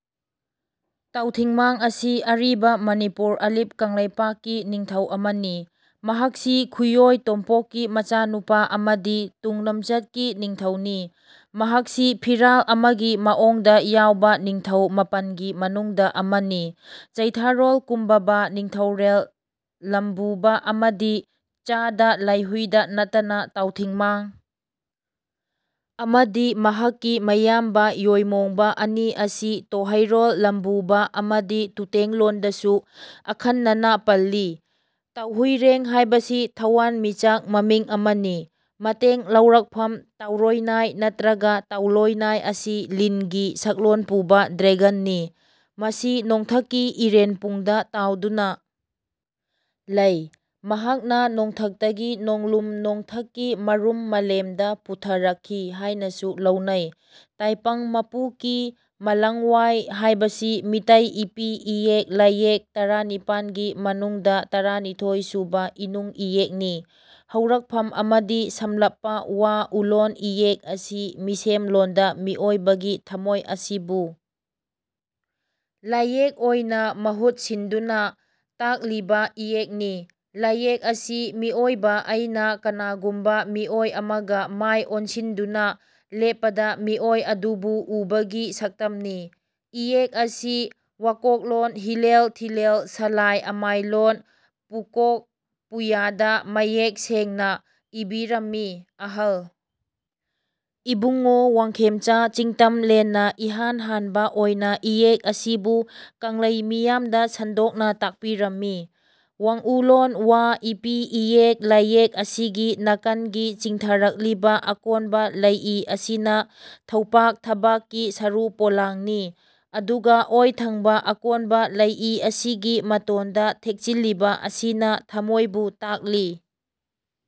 ꯇꯥꯎꯊꯤꯡꯃꯥꯡ ꯑꯁꯤ ꯑꯔꯤꯕ ꯃꯅꯤꯄꯨꯔ ꯑꯂꯤꯞ ꯀꯪꯂꯩꯄꯥꯛꯀꯤ ꯅꯤꯡꯊꯧ ꯑꯃꯅꯤ꯫ ꯃꯍꯥꯛꯁꯤ ꯈꯨꯌꯣꯢ ꯇꯣꯝꯄꯣꯛꯀꯤ ꯃꯆꯥꯅꯨꯄꯥ ꯑꯃꯗꯤ ꯇꯨꯡꯂꯝꯆꯠꯀꯤ ꯅꯤꯡꯊꯧꯅꯤ꯫ ꯃꯍꯥꯛꯁꯤ ꯐꯤꯔꯥꯜ ꯑꯃꯒꯤ ꯃꯑꯣꯡꯗ ꯌꯥꯎꯕ ꯅꯤꯡꯊꯧ ꯃꯥꯄꯟꯒꯤ ꯃꯅꯨꯡꯗ ꯑꯃꯅꯤ꯫ ꯆꯩꯊꯥꯔꯣꯜ ꯀꯨꯝꯕꯥꯕ ꯅꯤꯡꯊꯧꯔꯣꯜ ꯂꯝꯕꯨꯕ ꯑꯃꯗꯤ ꯆꯗꯥ ꯂꯥꯢꯍꯨꯢꯗ ꯅꯠꯇꯅ ꯇꯥꯎꯊꯤꯡꯃꯥꯡ ꯑꯃꯗꯤ ꯃꯍꯥꯛꯀꯤ ꯃꯌꯥꯝꯕ ꯌꯣꯢꯃꯣꯡꯕ ꯑꯅꯤ ꯑꯁꯤ ꯇꯣꯔꯩꯔꯣꯜ ꯂꯝꯕꯨꯕ ꯑꯃꯗꯤ ꯇꯨꯇꯦꯡꯂꯣꯟꯗꯁꯨ ꯑꯈꯟꯅꯅ ꯄꯜꯂꯤ꯫ ꯇꯥꯎꯍꯨꯢꯔꯦꯡ ꯍꯥꯏꯕꯁꯤ ꯊꯋꯥꯟꯃꯤꯆꯥꯛ ꯃꯃꯤꯡ ꯑꯃꯅꯤ꯫ ꯃꯇꯦꯡ ꯂꯧꯔꯛꯐꯝ ꯇꯥꯎꯔꯣꯢꯅꯥꯢ ꯅꯠꯇ꯭ꯔꯒ ꯇꯥꯎꯂꯣꯢꯅꯥꯢ ꯑꯁꯤ ꯂꯤꯟ ꯒꯤ ꯁꯛꯂꯣꯟ ꯄꯨꯕ ꯗ꯭ꯔꯦꯒꯟ ꯅꯤ꯫ ꯃꯁꯤ ꯅꯣꯡꯊꯛꯀꯤ ꯏꯔꯦꯟꯄꯨꯡꯗ ꯇꯥꯎꯗꯨꯅ ꯂꯩ꯫ ꯃꯍꯥꯛꯅ ꯅꯣꯡꯊꯛꯇꯀꯤ ꯅꯣꯡꯂꯨꯝ ꯅꯣꯡꯊꯛꯀꯤ ꯃꯔꯨꯝ ꯃꯥꯂꯦꯝꯗ ꯄꯨꯊꯔꯛꯈꯤ ꯍꯥꯢꯅꯁꯨ ꯂꯧꯅꯩ꯫ ꯇꯥꯏꯄꯪꯃꯄꯨꯀꯤ ꯃꯥꯂꯪꯋꯥꯏ ꯍꯥꯏꯕꯁꯤ ꯃꯤꯇꯩ ꯏꯄꯤ ꯏꯌꯦꯛ ꯂꯥꯏꯌꯦꯛ ꯇꯔꯥꯅꯤꯄꯥꯟꯒꯤ ꯃꯅꯨꯡꯗ ꯇꯔꯥꯅꯤꯊꯣꯏꯁꯨꯕ ꯏꯅꯨꯡ ꯏꯌꯦꯛꯅꯤ꯫ ꯍꯧꯔꯛꯐꯝ ꯑꯃꯗꯤ ꯁꯝꯂꯞꯄ ꯋꯥ ꯎꯂꯣꯟ ꯏꯌꯦꯛ ꯑꯁꯤ ꯃꯤꯁꯦꯝꯂꯣꯟꯗ ꯃꯤꯑꯣꯏꯕꯒꯤ ꯊꯥꯃꯣꯏ ꯑꯁꯤꯕꯨ ꯂꯥꯏꯌꯦꯛ ꯑꯣꯏꯅ ꯃꯍꯨꯠ ꯁꯤꯟꯗꯨꯅ ꯇꯥꯛꯂꯤꯕ ꯏꯌꯦꯛꯅꯤ꯫ ꯂꯥꯏꯌꯦꯛ ꯑꯁꯤ ꯃꯤꯑꯣꯏꯕ ꯑꯩꯅ ꯀꯅꯥꯒꯨꯃꯕ ꯃꯤꯑꯣꯏ ꯑꯃꯒ ꯃꯥꯏ ꯑꯣꯟꯁꯤꯟꯗꯨꯅ ꯂꯦꯞꯄꯗ ꯃꯤꯑꯣꯏ ꯑꯗꯨꯕꯨ ꯎꯕꯒꯤ ꯁꯛꯇꯝꯅꯤ꯫ ꯏꯌꯦꯛ ꯑꯁꯤ ꯋꯥꯀꯣꯛꯂꯣꯟ ꯍꯤꯂꯦꯜ ꯊꯤꯂꯦꯜ ꯁꯂꯥꯏ ꯑꯃꯥꯏꯂꯣꯟ ꯄꯨꯀꯣꯛ ꯄꯨꯌꯥꯗ ꯃꯌꯦꯛ ꯁꯦꯡꯅ ꯏꯕꯤꯔꯝꯃꯤ꯫ ꯑꯍꯜ ꯏꯕꯨꯡꯉꯣ ꯋꯥꯡꯈꯦꯝꯆꯥ ꯆꯤꯡꯇꯝꯂꯦꯟꯅ ꯏꯍꯥꯟ ꯍꯥꯟꯕ ꯑꯣꯏꯅ ꯏꯌꯦꯛ ꯑꯁꯤꯕꯨ ꯀꯪꯂꯩ ꯃꯤꯌꯥꯝꯗ ꯁꯟꯗꯣꯛꯅ ꯇꯥꯛꯄꯤꯔꯝꯃꯤ꯫ ꯋꯥꯡꯎꯂꯣꯟ ꯋ ꯏꯄꯤ ꯏꯌꯦꯛ ꯂꯥꯏꯌꯦꯛ ꯑꯁꯤꯒꯤ ꯅꯥꯀꯟꯒꯤ ꯆꯤꯡꯊꯔꯛꯂꯤꯕ ꯑꯀꯣꯟꯕ ꯂꯩꯏ ꯑꯁꯤꯅ ꯊꯧꯄꯥꯛ ꯊꯕꯥꯛꯀꯤ ꯁꯔꯨ ꯄꯣꯂꯥꯡꯅꯤ ꯑꯗꯨꯒ ꯑꯣꯏꯊꯪꯕ ꯑꯀꯣꯟꯕ ꯂꯩꯏ ꯑꯁꯤꯒꯤ ꯃꯇꯣꯟꯗ ꯊꯦꯛꯆꯤꯟꯂꯤꯕ ꯑꯁꯤꯅ ꯊꯃꯣꯏꯕꯨ ꯇꯥꯛꯂꯤ꯫